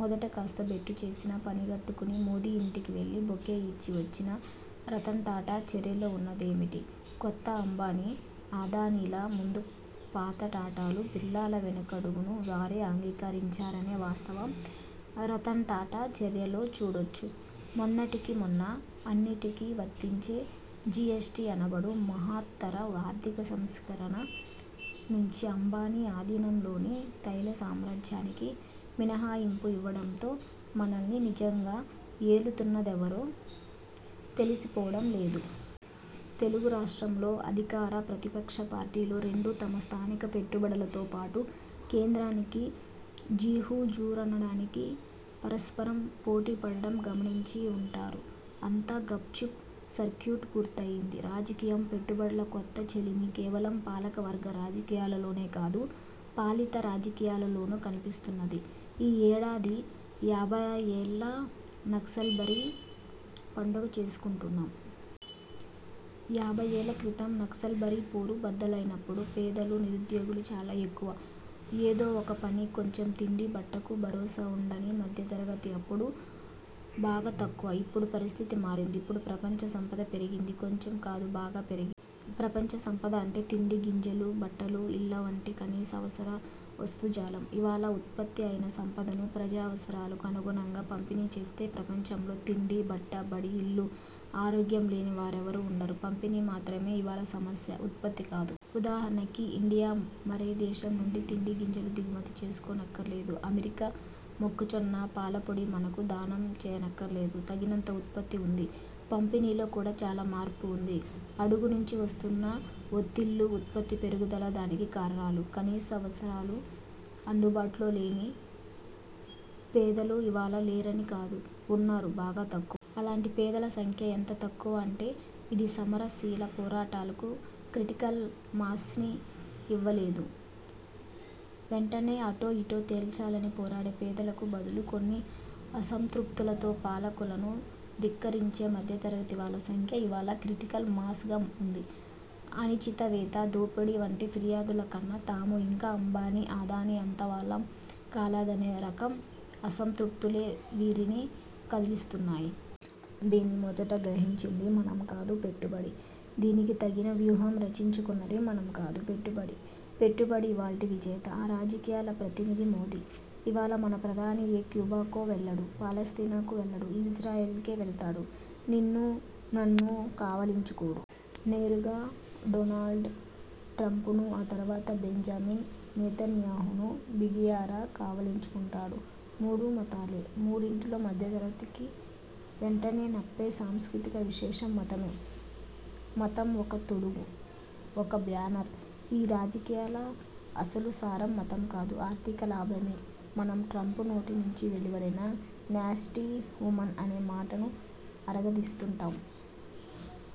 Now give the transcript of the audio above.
మొదట కాస్త బెట్టు చేసినా, పనిగట్టుకుని మోదీ యింటికి వెళ్లి, బొకే యిచ్చి వచ్చిన రతన్ టాటా చర్యలో వున్నదేమిటి? కొత్త అంబానీ, అదానీల ముందు పాత టాటాలు బిర్లాల వెనుకడుగును వారే అంగీకరించారనే వాస్తవం రతన్ టాటా చర్యలో చూడొచ్చు. మొన్నటికి మొన్న అన్నిటికీ వర్తించే 'జీఎస్టీ' అనబడు మహత్తర ఆర్థిక సంస్కరణ నుంచి అంబానీ అధీనంలోని తైల సామ్రాజ్యానికి మినహాయింపు యివ్వడంతో మనల్ని నిజంగా యేలుతున్నదెవరో తెలిసిపోవడం లేదూ?! తెలుగు రాష్ట్రంలో అధికార, ప్రతిపక్ష పార్టీలు రెండూ తమ 'స్థానిక పెట్టుబడుల'తో పాటు కేంద్రానికి జీహుజూరనడానికి పరస్పరం పోటీపడడం గమనించే వుంటారు. అంతా గప్ చుప్. సర్క్యూట్ పూర్తయ్యింది. రాజకీయం, పెట్టుబడుల కొత్త చెలిమి కేవలం పాలకవర్గ రాజకీయాలలోనే కాదు. పాలిత రాజకీయాలలోనూ కనిపిస్తున్నది. యీ యేడాది యాభయ్యేళ్ల నక్సల్బరీ పండుగ చేసుకుంటున్నాం. యాభయ్యేళ్ల క్రితం నక్సల్బరీ పోరు బద్దలయినప్పుడు పేదలు, నిరుద్యోగులు చాలా యెక్కువ, యేదో వొక పని, కొంచెం తిండి బట్టకు భరోసా వుండని మధ్య తరగతి అప్పుడు బాగా తక్కువ. యిప్పుడు పరిస్థితి మారింది. యిప్పుడు ప్రపంచ సంపద పెరిగింది. కొంచెం కాదు. బాగా పెరిగి. ప్రపంచ సంపద అంటే తిండి గింజలు, బట్టలు, యిళ్ల వంటి కనీసావసర వస్తుజాలం. యివాళ వుత్పత్తి అయిన సంపదను ప్రజావసరాలకు అనుగుణంగా పంపిణీ చేస్తే ప్రపంచంలో తిండి, బట్ట, బడి, యిల్లు, ఆరోగ్యం లేని వారెవరూ వుండరు. పంపిణీ మాత్రమే యివాళ సమస్య. వుత్పత్తి కాదు. వుదాహరణకి యిండియా మరే దేశం నుండి తిండి గింజలు దిగుమతి చేసుకోనక్కర్లేదు. అమెరికా మొక్కజొన్న, పాలపొడి మనకు 'దానం' చెయ్యక్కర్లేదు. తగినంత వుత్పత్తి వుంది. పంపిణీలో కూడా చాలా మార్పు వుంది. అడుగు నుంచి వస్తున్న వొత్తిళ్లు, వుత్పత్తి పెరుగుదల దానికి కారణాలు. కనీసావసరాలు అందుబాటులో లేని పేదలు యివాళ లేరని కాదు, వున్నారు, బాగా తక్కువ. అలాంటి పేదల సంఖ్య యెంత తక్కువ అంటే యిది సమర శీల పోరాటాలకు క్రిటికల్ మాస్ని యివ్వలేదు. వెంటనే అటో యిటో తేల్చాలని పోరాడే పేదలకు బదులు కొన్ని అసంతృప్తులతో పాలకులను ధిక్కరించే మధ్యతరగతి వాళ్ల సంఖ్య యివాళ 'క్రిటికల్ మాస్'గా వుంది. ఆణిచివేత, దోపిడీ వంటి ఫిర్యాదులకన్న, తాము యింకా అంబానీ, అదానీ అంత వాళ్లం కాలేదనే రకం అసంతృప్తులే వీరిని కదిలిస్తున్నాయి. దీన్ని మొదట గ్రహించింది మనం కాదు. పెట్టుబడి. దీనికి తగిన వ్యూహం రచించుకున్నది మనం కాదు. పెట్టుబడి. పెట్టుబడి యివాల్టి విజేత. ఆ రాజకీయాల ప్రతినిధి మోదీ. యివాళ మన ప్రధాని యే క్యూబాకో వెళ్లడు. 'పాలస్తీనా'కు వెళ్లడు. యిజ్రాయెల్కే వెళ్తాడు. నిన్నూ నన్నూ కావిలించుకోడు. నేరుగా డొనాల్డ్ ట్రంపును, ఆ తరువాత బెంజమిన్ నెతన్యాహును బిగియార కావిలించుకుంటాడు. మూడూ మతాలే. మూడింటిలో మధ్య తరగతికి వెంటనే నప్పే సాంస్కృతిక విశేషం మతమే. మతం వొక తొడుగు. వొక బ్యానర్. యీ రాజకీయాల అసలు సారం మతం కాదు. ఆర్థిక 'లాభ'మే. మనం ట్రంపు నోటి నుంచి వెలువడిన 'న్యాస్టీ వుమన్' అనే మాటను అరగదీస్తుంటాం.